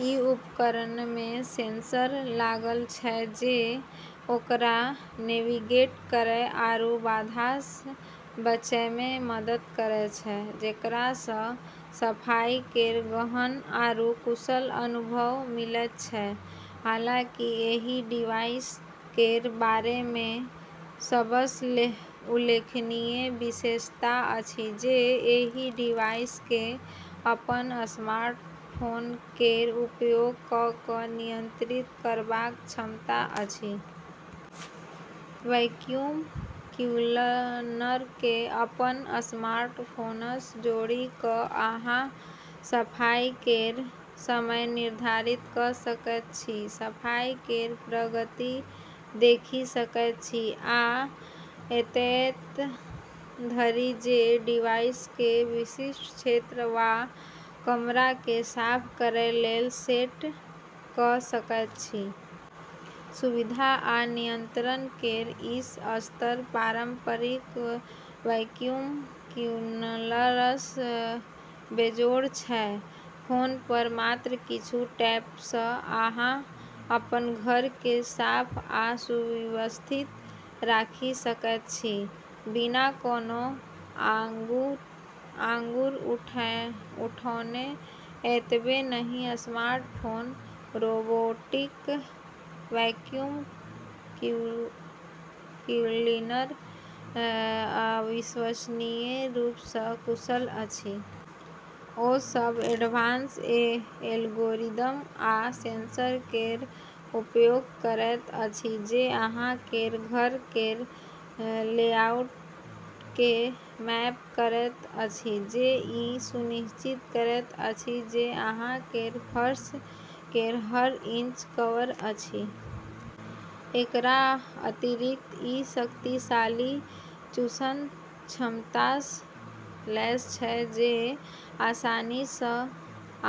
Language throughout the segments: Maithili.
ई उपकरणमे सेंसर लागल छै जे ओकरा नेविगेट करै आरू बाधासँ बचैमे मदद करैत छै, जेकरासँ सफाई केर गहन आरू कुशल अनुभव मिलैत छै। हालांकि एहि डिवाइस केर बारेमे सबसँ उल्लेखनीय विशेषता अछि जे एहि डिवाइसकेँ अपन स्मार्टफोन केर उपयोग कऽ कऽ नियंत्रित करबाक क्षमता अछि। वैक्यूम क्लीनरकेँ अपन स्मार्टफोनसँ जोड़ि कऽ अहाँ सफाई केर समय निर्धारित कऽ सकैत छी, सफाई केर प्रगति देखि सकैत छी, आ एतए धरि जे डिवाइसकेँ विशिष्ट क्षेत्र वा कमराकेँ साफ करै लेल सेट कऽ सकैत छी। सुविधा आ नियंत्रण केर ई स्तर पारंपरिक वैक्यूम क्लीनरसँ बेजोड़ छै। फोनपर मात्र किछु टैपसँ अहाँ अपन घरकेँ साफ आ सुव्यवस्थित राखि सकैत छी, बिना कोनो आँगुर उठौने। एतबे नहि स्मार्टफोन रोबोटिक वैक्यूम क्लीनर अविश्वसनीय रूपसँ कुशल अछि। ओ सब एडवांस एल्गोरिदम आ सेंसर केर उपयोग करैत अछि जे अहाँ केर घर केर लेआउटकेँ मैप करैत अछि, जे ई सुनिश्चित करैत अछि जे अहाँ केर फर्श केर हर इंच कवर अछि। एकरा अतिरिक्त, ई शक्तिशाली चूषण क्षमतासँ लैस छै जे आसानीसँ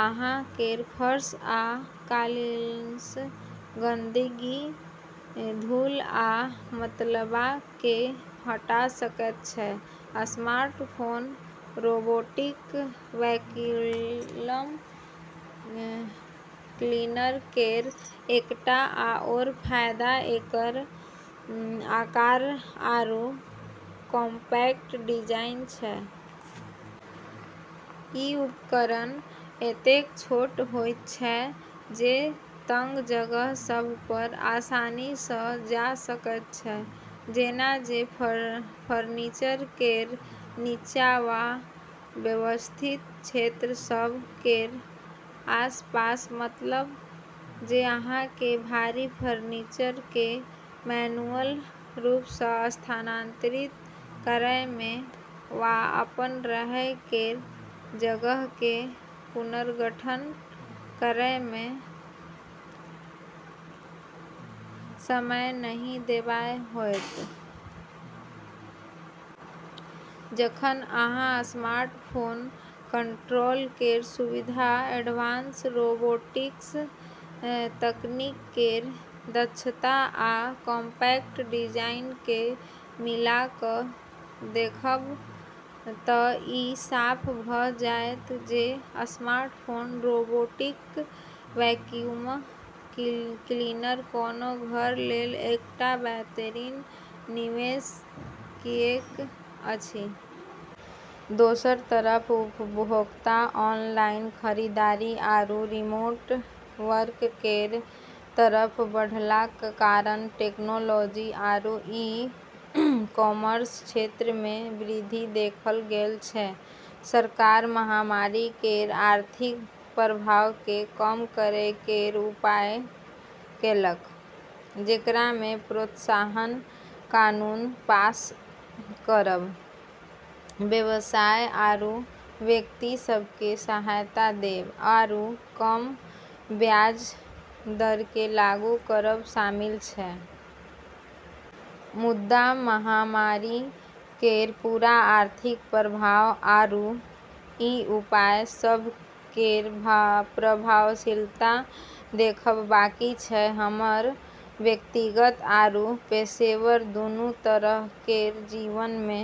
अहाँ केर फर्श आ कालीनसँ गंदगी, धूल आ मलबाकेँ हटा सकैत छै। स्मार्टफोन रोबोटिक वैक्यूम क्लीनर केर एकटा आओर फायदा एकर आकार आरू कॉम्पैक्ट डिजाइन छै। ई उपकरण एतेक छोट होइत छै जे तंग जगह सभपर आसानीसँ जा सकैत छै, जेना जे फर्नीचर केर नीचाँ वा अव्यवस्थित क्षेत्र सभ केर आसपास। मतलब जे अहाँकेँ भारी फर्नीचरकेँ मैन्युअल रूपसँ स्थानांतरित करैमे वा अपन रहै केर जगहकेँ पुनर्गठन करैमे समय नहि देबाय होयत। जखन अहाँ स्मार्टफोन कंट्रोल केर सुविधा, एडवांस रोबोटिक्स तकनीक केर दक्षता, आ कॉम्पैक्ट डिजाइनकेँ मिला कऽ देखब तऽ ई साफ भऽ जाएत जे स्मार्टफोन रोबोटिक वैक्यूम क्लीनर कोनो घर लेल एकटा बेहतरीन निवेश किऐक अछि। दोसर तरफ उपभोक्ता ऑनलाइन खरीदारी आरू रिमोट वर्क केर तरफ बढ़लाक कारण टेक्नोलॉजी आरू ई-कॉमर्स क्षेत्रमे वृद्धि देखल गेल छै। सरकार महामारी केर आर्थिक प्रभावकेँ कम करै केर उपाय केलक, जेकरामे प्रोत्साहन कानून पास करब, व्यवसाय आरू व्यक्ति सभकेँ सहायता देब, आरू कम ब्याज दरकेँ लागू करब शामिल छै। मुदा महामारी केर पूरा आर्थिक प्रभाव आरू ई उपाय सभ केर प्रभावशीलता देखब बाकी छै। हमर व्यक्तिगत आरू पेशेवर दूनू तरह केर जीवनमे।